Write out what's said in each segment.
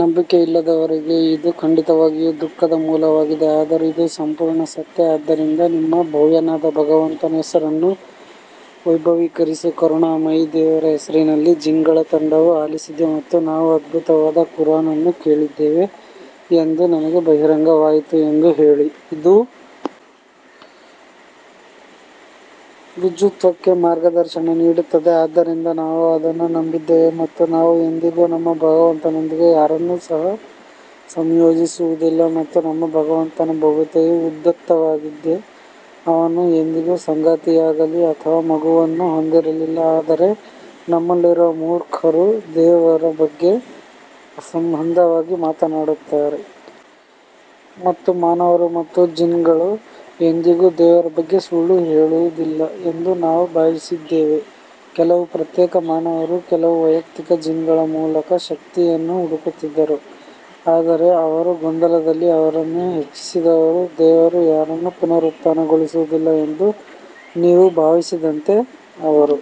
ನಂಬಿಕೆಯಿಲ್ಲದವರಿಗೆ ಇದು ಖಂಡಿತವಾಗಿಯೂ ದುಃಖದ ಮೂಲವಾಗಿದೆ ಆದರೂ ಇದು ಸಂಪೂರ್ಣ ಸತ್ಯ ಆದ್ದರಿಂದ ನಿಮ್ಮ ಭವ್ಯನಾದ ಭಗವಂತನ ಹೆಸರನ್ನು ವೈಭವೀಕರಿಸು ಕರುಣಾಮಯಿ ದೇವರ ಹೆಸರಿನಲ್ಲಿ ಜಿನ್ಗಳ ತಂಡವು ಆಲಿಸಿದೆ ಮತ್ತು ನಾವು ಅದ್ಭುತವಾದ ಕುರಾನ್ ಅನ್ನು ಕೇಳಿದ್ದೇವೆ ಎಂದು ನನಗೆ ಬಹಿರಂಗವಾಯಿತು ಎಂದು ಹೇಳಿ. ಇದು ಋಜುತ್ವಕ್ಕೆ ಮಾರ್ಗದರ್ಶನ ನೀಡುತ್ತದೆ ಆದ್ದರಿಂದ ನಾವು ಅದನ್ನು ನಂಬಿದ್ದೇವೆ ಮತ್ತು ನಾವು ಎಂದಿಗೂ ನಮ್ಮ ಭಗವಂತನೊಂದಿಗೆ ಯಾರನ್ನೂ ಸಹ ಸಂಯೋಜಿಸುವುದಿಲ್ಲ ಮತ್ತು ನಮ್ಮ ಭಗವಂತನ ಭವ್ಯತೆಯು ಉದಾತ್ತವಾಗಿದೆ, ಅವನು ಎಂದಿಗೂ ಸಂಗಾತಿಯಾಗಲಿ ಅಥವಾ ಮಗುವನ್ನು ಹೊಂದಿರಲಿಲ್ಲ ಆದರೆ ನಮ್ಮಲ್ಲಿರುವ ಮೂರ್ಖರು ದೇವರ ಬಗ್ಗೆ ಅಸಂಬದ್ಧವಾಗಿ ಮಾತನಾಡುತ್ತಿದ್ದರು ಮತ್ತು ಮಾನವರು ಮತ್ತು ಜಿನ್ಗಳು ಎಂದಿಗೂ ದೇವರ ಬಗ್ಗೆ ಸುಳ್ಳು ಹೇಳುವುದಿಲ್ಲ ಎಂದು ನಾವು ಭಾವಿಸಿದ್ದೇವೆ ಕೆಲವು ಪ್ರತ್ಯೇಕ ಮಾನವರು ಕೆಲವು ವೈಯಕ್ತಿಕ ಜಿನ್ಗಳ ಮೂಲಕ ಶಕ್ತಿಯನ್ನು ಹುಡುಕುತ್ತಿದ್ದರು ಆದರೆ ಅವರು ಗೊಂದಲದಲ್ಲಿ ಅವರನ್ನು ಹೆಚ್ಚಿಸಿದರು ದೇವರು ಯಾರನ್ನೂ ಪುನರುತ್ಥಾನಗೊಳಿಸುವುದಿಲ್ಲ ಎಂದು ನೀವು ಭಾವಿಸಿದಂತೆ ಅವರು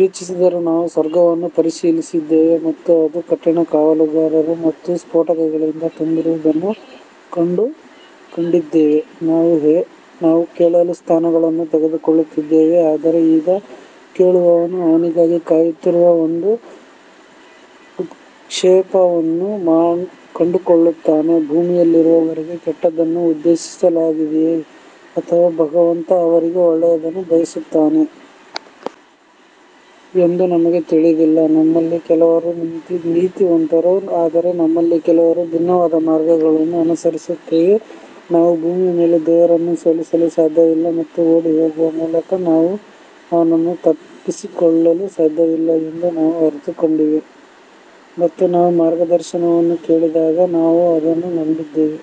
ಯೋಚಿಸಿದರು ನಾವು ಸ್ವರ್ಗವನ್ನು ಪರಿಶೀಲಿಸಿದ್ದೇವೆ ಮತ್ತು ಅದು ಕಠಿಣ ಕಾವಲುಗಾರರು ಮತ್ತು ಸ್ಪೋಟಕಗಳಿಂದ ತುಂಬಿರುವುದನ್ನು ಕಂಡುಕೊಂಡಿದ್ದೇವೆ ನಾವು ಕೇಳಲು ಸ್ಥಾನಗಳನ್ನು ತೆಗೆದುಕೊಳ್ಳುತ್ತಿದ್ದೆವು ಆದರೆ ಈಗ ಕೇಳುವವನು ಅವನಿಗಾಗಿ ಕಾಯುತ್ತಿರುವ ಒಂದು ಉತ್ಕ್ಷೇಪಕವನ್ನು ಕಂಡುಕೊಳ್ಳುತ್ತಾನೆ ಭೂಮಿಯಲ್ಲಿರುವವರಿಗೆ ಕೆಟ್ಟದ್ದನ್ನು ಉದ್ದೇಶಿಸಲಾಗಿದೆಯೇ ಅಥವಾ ಅವರ ಭಗವಂತ ಅವರಿಗೆ ಒಳ್ಳೆಯದನ್ನು ಬಯಸುತ್ತಾನೆಯೇ ಎಂದು ನಮಗೆ ತಿಳಿದಿಲ್ಲ ನಮ್ಮಲ್ಲಿ ಕೆಲವರು ನೀತಿವಂತರು ಆದರೆ ನಮ್ಮಲ್ಲಿ ಕೆಲವರು ಭಿನ್ನವಾದ ಮಾರ್ಗಗಳನ್ನು ಅನುಸರಿಸುತ್ತೇವೆ ನಾವು ಭೂಮಿಯ ಮೇಲೆ ದೇವರನ್ನು ಸೋಲಿಸಲು ಸಾಧ್ಯವಿಲ್ಲ ಮತ್ತು ಓಡಿಹೋಗುವ ಮೂಲಕ ನಾವು ಅವನನ್ನು ತಪ್ಪಿಸಿಕೊಳ್ಳಲು ಸಾಧ್ಯವಿಲ್ಲ ಎಂದು ನಾವು ಅರಿತುಕೊಂಡೆವು ಮತ್ತು ನಾವು ಮಾರ್ಗದರ್ಶನವನ್ನು ಕೇಳಿದಾಗ ನಾವು ಅದನ್ನು ನಂಬಿದ್ದೇವೆ,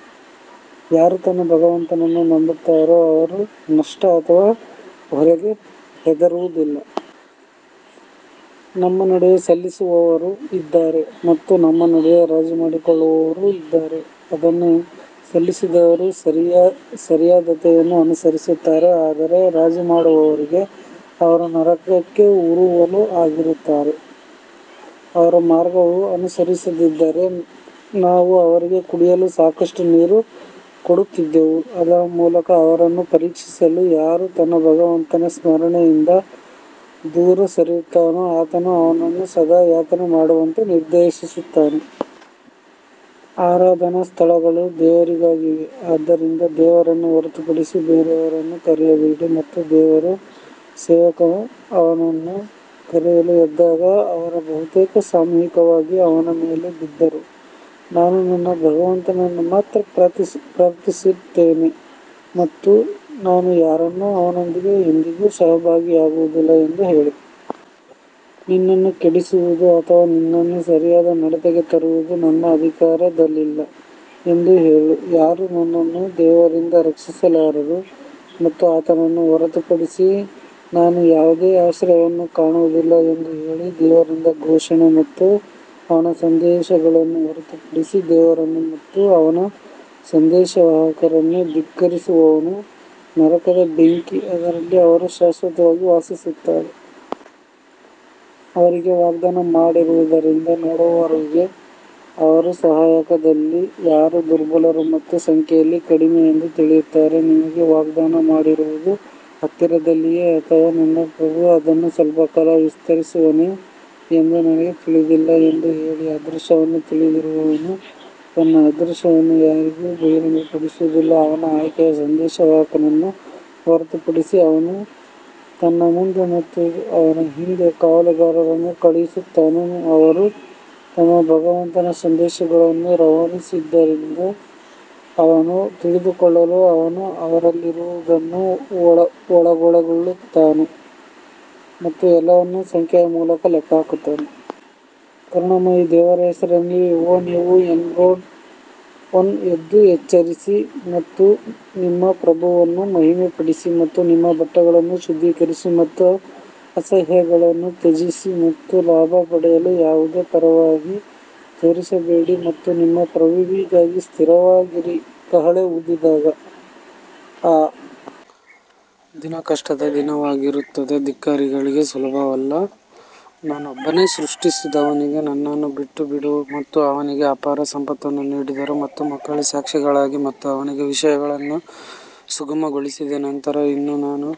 ಯಾರು ತನ್ನ ಭಗವಂತನನ್ನು ನಂಬುತ್ತಾರೋ ಅವರು ನಷ್ಟ ಅಥವಾ ಹೊರೆಗೆ ಹೆದರುವುದಿಲ್ಲ. ನಮ್ಮ ನಡುವೆ ಸಲ್ಲಿಸುವವರು ಇದ್ದಾರೆ ಮತ್ತು ನಮ್ಮ ನಡುವೆ ರಾಜಿ ಮಾಡಿಕೊಳ್ಳುವವರು ಇದ್ದಾರೆ ಅದನ್ನು ಸಲ್ಲಿಸಿದವರು ಸರಿಯಾದತೆಯನ್ನು ಅನುಸರಿಸುತ್ತಾರೆ ಆದರೆ ರಾಜಿ ಮಾಡುವವರಿಗೆ ಅವರು ನರಕಕ್ಕೆ ಉರುವಲು ಆಗಿರುತ್ತಾರೆ ಅವರು ಮಾರ್ಗವನ್ನು ಅನುಸರಿಸಿದ್ದರೆ ನಾವು ಅವರಿಗೆ ಕುಡಿಯಲು ಸಾಕಷ್ಟು ನೀರು ಕೊಡುತ್ತಿದ್ದೆವು ಅದರ ಮೂಲಕ ಅವರನ್ನು ಪರೀಕ್ಷಿಸಲು ಯಾರು ತನ್ನ ಭಗವಂತನ ಸ್ಮರಣೆಯಿಂದ ದೂರ ಸರಿಯುತ್ತಾನೋ ಆತನು ಅವನನ್ನು ಸದಾ ಯಾತನೆ ಮಾಡುವಂತೆ ನಿರ್ದೇಶಿಸುತ್ತಾನೆ. ಆರಾಧನಾ ಸ್ಥಳಗಳು ದೇವರಿಗಾಗಿವೆ ಆದ್ದರಿಂದ ದೇವರನ್ನು ಹೊರತುಪಡಿಸಿ ಬೇರೆಯವರನ್ನು ಕರೆಯಬೇಡಿ ಮತ್ತು ದೇವರ ಸೇವಕನು ಅವನನ್ನು ಕರೆಯಲು ಎದ್ದಾಗ ಅವರು ಬಹುತೇಕ ಸಾಮೂಹಿಕವಾಗಿ ಅವನ ಮೇಲೆ ಬಿದ್ದರು ನಾನು ನನ್ನ ಭಗವಂತನನ್ನು ಮಾತ್ರ ಪ್ರಾರ್ಥಿಸುತ್ತೇನೆ ಮತ್ತು ನಾನು ಯಾರನ್ನೂ ಅವನೊಂದಿಗೆ ಎಂದಿಗೂ ಸಹಭಾಗಿಯಾಗುವುದಿಲ್ಲ ಎಂದು ಹೇಳಿ ನಿನ್ನನ್ನು ಕೆಡಿಸುವುದು ಅಥವಾ ನಿನ್ನನ್ನು ಸರಿಯಾದ ನಡತೆಗೆ ತರುವುದು ನನ್ನ ಅಧಿಕಾರದಲ್ಲಿಲ್ಲ ಎಂದು ಹೇಳು ಯಾರೂ ನನ್ನನ್ನು ದೇವರಿಂದ ರಕ್ಷಿಸಲಾರರು ಮತ್ತು ಆತನನ್ನು ಹೊರತುಪಡಿಸಿ ನಾನು ಯಾವುದೇ ಆಶ್ರಯವನ್ನು ಕಾಣುವುದಿಲ್ಲ ಎಂದು ಹೇಳಿ ದೇವರಿಂದ ಘೋಷಣೆ ಮತ್ತು ಅವನ ಸಂದೇಶಗಳನ್ನು ಹೊರತುಪಡಿಸಿ, ದೇವರನ್ನು ಮತ್ತು ಅವನ ಸಂದೇಶವಾಹಕರನ್ನು ಧಿಕ್ಕರಿಸುವವನು ನರಕದ ಬೆಂಕಿ, ಅದರಲ್ಲಿ ಅವರು ಶಾಶ್ವತವಾಗಿ ವಾಸಿಸುತ್ತಾರೆ. ಅವರಿಗೆ ವಾಗ್ದಾನ ಮಾಡಿರುವುದನ್ನು ನೋಡುವವರೆಗೆ ಅವರು ಸಹಾಯಕರಲ್ಲಿ ಯಾರು ದುರ್ಬಲರು ಮತ್ತು ಸಂಖ್ಯೆಯಲ್ಲಿ ಕಡಿಮೆ ಎಂದು ತಿಳಿಯುತ್ತಾರೆ ನಿಮಗೆ ವಾಗ್ದಾನ ಮಾಡಿರುವುದು ಹತ್ತಿರದಲ್ಲಿದೆಯೇ ಅಥವಾ ನನ್ನ ಪ್ರಭು ಅದನ್ನು ಸ್ವಲ್ಪ ಕಾಲ ವಿಸ್ತರಿಸುವನೇ ಎಂದು ನನಗೆ ತಿಳಿದಿಲ್ಲ ಎಂದು ಹೇಳಿ ಅದೃಶ್ಯವನ್ನು ತಿಳಿದಿರುವವನು ತನ್ನ ಅದೃಶ್ಯವನ್ನು ಯಾರಿಗೂ ಬಹಿರಂಗಪಡಿಸುವುದಿಲ್ಲ ಅವನ ಆಯ್ಕೆಯ ಸಂದೇಶವಾಹಕನನ್ನು ಹೊರತುಪಡಿಸಿ ಅವನು ತನ್ನ ಮುಂದೆ ಮತ್ತು ಅವನ ಹಿಂದೆ ಕಾವಲುಗಾರರನ್ನು ಕಳುಹಿಸುತ್ತಾನೆ ಅವರು ತಮ್ಮ ಭಗವಂತನ ಸಂದೇಶಗಳನ್ನು ರವಾನಿಸಿದ್ದಾರೆಂದು ಅವನು ತಿಳಿದುಕೊಳ್ಳಲು ಅವನು ಅವರಲ್ಲಿರುವುದನ್ನು ಒಳಗೊಳ್ಳುತ್ತಾನೆ ಮತ್ತು ಎಲ್ಲವನ್ನೂ ಸಂಖ್ಯೆಯ ಮೂಲಕ ಲೆಕ್ಕ ಹಾಕುತ್ತಾನೆ. ಕರುಣಾಮಯಿ ದೇವರ ಹೆಸರಿನಲ್ಲಿ ಓ ನೀವು ಎನ್ರೋಬ್ಡ್ ಒನ್ ಎದ್ದು ಎಚ್ಚರಿಸಿ ಮತ್ತು ನಿಮ್ಮ ಪ್ರಭುವನ್ನು ಮಹಿಮೆಪಡಿಸಿ ಮತ್ತು ನಿಮ್ಮ ಬಟ್ಟೆಗಳನ್ನು ಶುದ್ಧೀಕರಿಸಿ ಮತ್ತು ಅಸಹ್ಯಗಳನ್ನು ತ್ಯಜಿಸಿ ಮತ್ತು ಲಾಭ ಪಡೆಯಲು ಯಾವುದೇ ಪರವಾಗಿ ತೋರಿಸಬೇಡಿ ಮತ್ತು ನಿಮ್ಮ ಪ್ರಭುವಿಗಾಗಿ ಸ್ಥಿರವಾಗಿರಿ ಕಹಳೆ ಊದಿದಾಗ ಆ ದಿನ ಕಷ್ಟದ ದಿನವಾಗಿರುತ್ತದೆ ಧಿಕ್ಕಾರಿಗಳಿಗೆ ಸುಲಭವಲ್ಲ ನಾನೊಬ್ಬನೇ ಸೃಷ್ಟಿಸಿದವನಿಗೆ ನನ್ನನ್ನು ಬಿಟ್ಟುಬಿಡು ಮತ್ತು ಅವನಿಗೆ ಅಪಾರ ಸಂಪತ್ತನ್ನು ನೀಡಿದರು ಮತ್ತು ಮಕ್ಕಳು ಸಾಕ್ಷಿಗಳಾಗಿ ಮತ್ತು ಅವನಿಗೆ ವಿಷಯಗಳನ್ನು ಸುಗಮಗೊಳಿಸಿದೆ ನಂತರ ನಾನು ಇನ್ನೂ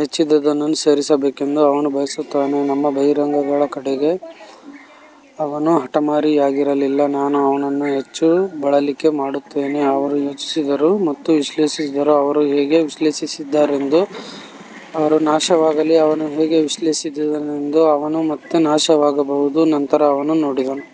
ಹೆಚ್ಚಿನದನ್ನು ಸೇರಿಸಬೇಕೆಂದು ಅವನು ಬಯಸುತ್ತಾನೆ ನಮ್ಮ ಬಹಿರಂಗಗಳ ಕಡೆಗೆ ಅವನು ಹಠಮಾರಿಯಾಗಿರಲಿಲ್ಲ ನಾನು ಅವನನ್ನು ಹೆಚ್ಚು ಬಳಲಿಕೆ ಮಾಡುತ್ತೇನೆ ಅವರು ಯೋಚಿಸಿದರು ಮತ್ತು ವಿಶ್ಲೇಷಿಸಿದರು ಅವರು ಹೇಗೆ ವಿಶ್ಲೇಷಿಸಿದ್ದಾರೆಂದು ಅವರು ನಾಶವಾಗಲಿ ಅವನು ಹೇಗೆ ವಿಶ್ಲೇಷಿಸಿದನೆಂದು ಅವನು ಮತ್ತೆ ನಾಶವಾಗಬಹುದು ನಂತರ ಅವನು ನೋಡಿದನು.